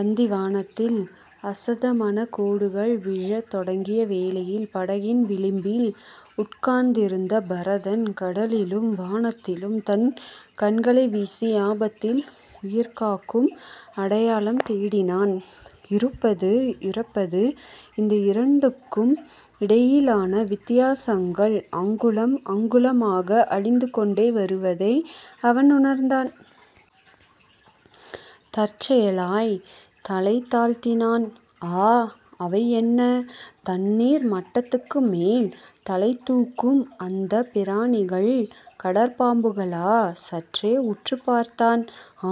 அந்தி வானத்தில் அஸதமனக் கோடுகள் விழத் தொடங்கிய வேளையில், படகின் விளிம்பில் உட்கார்ந்திருந்த பரதன் கடலிலும் வானத்திலும் தன் கண்களை வீசி, ஆபத்தில் உயிர் காக்கும் அடையாளம் தேடினான். இருப்பது இறப்பது இந்த இரண்டுக்கும் இடையிலான வித்தியாசங்கள், அங்குலம் அங்குலமாக அழிந்துகொண்டே வருவதை அவன் உணர்ந்தான். தற்செயலாய்த் தலை தாழ்த்தினான். ஆ. அவை என்ன? தண்ணீர் மட்டத்துக்கு மேல் தலைதூக்கும் அந்தப் பிராணிகள் கடற்பாம்புகளா? சற்றே உற்றுப் பார்த்தான்.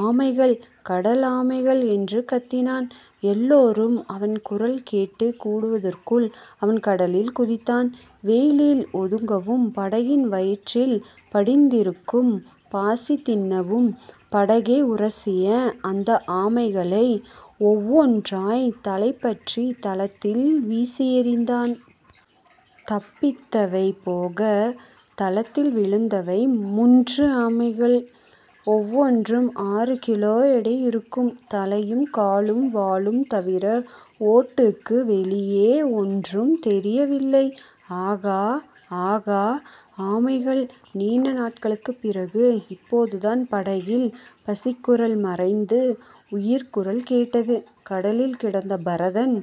ஆமைகள். கடல் ஆமைகள். என்று கத்தினான். எல்லோரும் அவன் குரல் கேட்டுக் கூடுவதற்குள் அவன் கடலில் குதித்தான். வெயிலில் ஒதுங்கவும். படகின் வயிற்றில் படிந்திருக்கும் பாசிதின்னவும் படகை உரசிய அந்த ஆமைகளை ஒவ்வொன்றாய்த் தலைபற்றித் தளத்தில் வீசியெறிந்தான்.. தப்பித்தவை போகத் தளத்தில் விழுந்தவை முன்று ஆமைகள். ஒவ்வொன்றும் ஆறு கிலோ எடை இருக்கும். தலையும் காலும் வாலும் தவிர ஓட்டுக்கு வெளியே ஒன்றும் தெரியவில்லை. ஆகா. ஆகா. ஆமைகள். நீண்ட நாட்களுக்குப் பிறகு இப்போதுதான் படகில் பசிக்குரல் மறைந்து உயிர்க்குரல் கேட்டது. கடலில் கிடந்த பரதன்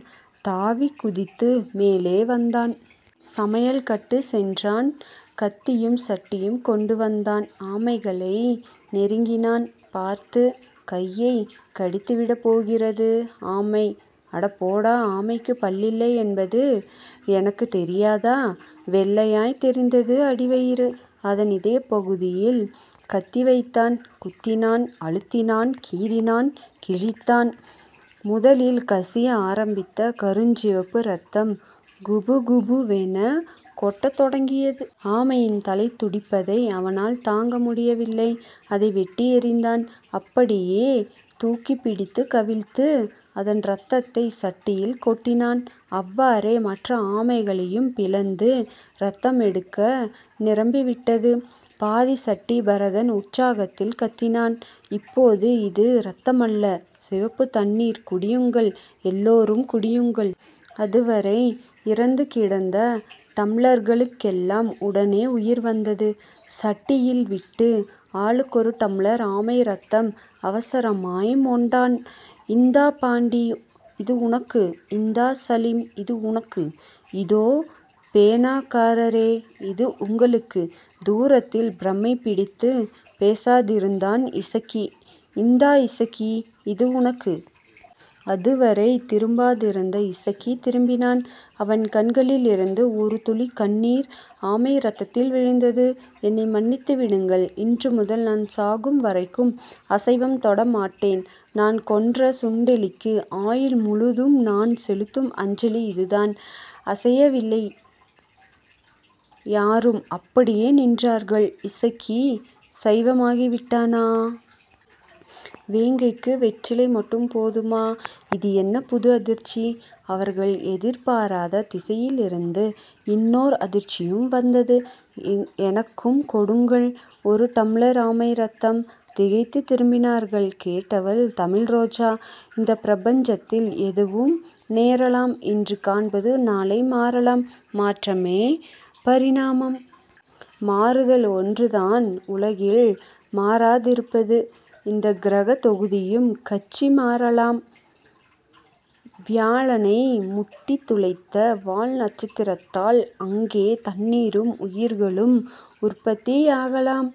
தாவிக்குதித்து மேலே வந்தான். சமையல்கட்டு சென்றான். கத்தியும் சட்டியும் கொண்டுவந்தான். ஆமைகளை நெருங்கினான். பார்த்து. கையைக் கடித்துவிடப்போகிறது ஆமை. அடப்போடா. ஆமைக்குப் பல்லில்லை என்பது எனக்குத் தெரியாதா? வெள்ளையாய்த் தெரிந்தது அடிவயிறு. அதன் இதயப்பகுதியில் கத்தி வைத்தான். குத்தினான் அழுத்தினான் கீறினான் கிழித்தான். முதலில் கசிய ஆரம்பித்த கருஞ்சிவப்பு ரத்தம் குபுகுபுவெனக் கொட்டத் தொடங்கியது. ஆமையின் தலைதுடிப்பதை அவனால் தாங்க முடியவில்லை. அதை வெட்டி எறிந்தான். அப்படியே தூக்கிப் பிடித்துக் கவிழ்த்து அதன் ரத்தத்தைச் சட்டியில் கொட்டினான். அவ்வாறே மற்ற ஆமைகளையும் பிளந்து ரத்தமெடுக்க, நிரம்பிவிட்டது. பாதிச்சட்டி பரதன் உற்சாகத்தில் கத்தினான். இப்போது இது ரத்தமல்ல. சிவப்பு தண்ணீர் குடியுங்கள் எல்லோரும் குடியுங்கள். அதுவரை இறந்துகிடந்த டம்ளர்களுக்கெல்லாம் உடனே உயிர் வந்தது. சட்டியில் விட்டு ஆளுக்கொரு டம்ளர் ஆமை ரத்தம் அவசரமாய் மொண்டான். இந்தா பாண்டி. இது உனக்கு. இந்தா சலீம். இது உனக்கு. இதோ பேனாக்காரரே. இது உங்களுக்கு. தூரத்தில் பிரமை பிடித்துப் பேசாதிருந்தான் இசக்கி. இந்தா இசக்கி இது உனக்கு. அதுவரை திரும்பாதிருந்த இசக்கி திரும்பினான். அவன் கண்ணிலிருந்து ஒரு துளிக் கண்ணீர் ஆமை ரத்தத்தில் விழுந்தது. என்னை மன்னித்து விடுங்கள். இன்றுமுதல் நான் சாகும் வரைக்கும் அசைவம் தொடமாட்டேன். நான் கொன்ற சுண்டெலிக்கு ஆயுள் முழுதும் நான் செலுத்தும் அஞ்சலி அதுதான். அசையவில்லை யாரும், அப்படியே நின்றார்கள் இசக்கி சைவமாகிவிட்டானா? வேங்கைக்கு வெற்றிலை மட்டும் போதுமா? இது என்ன புது அதிர்ச்சி. அவர்கள் எதிர்பாராத திசையிலிருந்து இன்னோர் அதிர்ச்சியும் வந்தது. எனக்கும் கொடுங்கள் ஒரு டம்ளர் ஆமை ரத்தம். திகைத்து திரும்பினார்கள். கேட்டவள் தமிழ்ரோஜா. இந்தப் பிரபஞ்சத்தில் எதுவும் நேரலாம். இன்று காண்பது நாளை மாறலாம். மாற்றமே பரிணாமம். மாறுதல் ஒன்றுதான் உலகில் மாறாதிருப்பது. இந்தக் கிரகத் தொகுதியும் கட்சி மாறலாம். வியாழனை முட்டித் துளைத்த வால்நட்சத்திரத்தால் அங்கே தண்ணீரும் உயிர்களும் உற்பத்தியாகலாம்.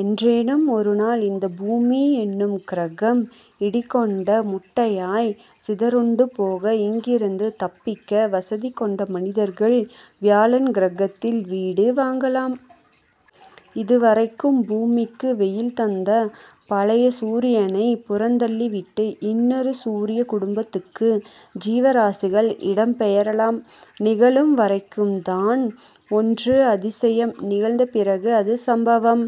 என்றேனும் ஒரு நாள் இந்தப் பூமி என்னும் கிரகம் இடிகொண்ட முட்டையாய்ச் சிதறுண்டு போக, இங்கிருந்து தப்பிக்க வசதிகொண்ட மனிதர்கள் வியாழன் கிரகத்தில் வீடு வாங்கலாம். இதுவரைக்கும் பூமிக்கு வெயில் தந்த பழைய சூரியனைப் புறந்தள்ளிவிட்டு, இன்னொரு சூரியக் குடும்பத்துக்கு ஜீவராசிகள் இடம் பெயரலாம். நிகழும் வரைக்கும்தான் ஒன்று அதிசயம். நிகழ்ந்த பிறகு அது சம்பவம்.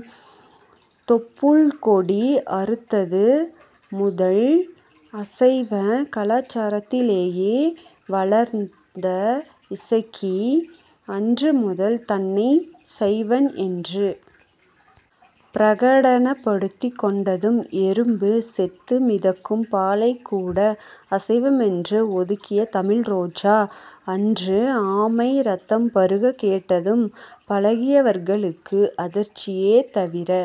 தொப்பூழ்க்கொடி அறுத்தது முதல் அசைவக் கலாசாரத்திலேயே வளர்ந்த இசக்கி, அன்று முதல் தன்னைச் சைவன் என்று பிரகடனப்படுத்திக் கொண்டதும் எறும்பு செத்து மிதக்கும் பாலைக்கூட அசைவமென்று ஒதுக்கிய தமிழ் ரோஜா, அன்று ஆமை ரத்தம் பருகக் கேட்டதும் பழகியவர்களுக்கு அதிர்ச்சியே தவிர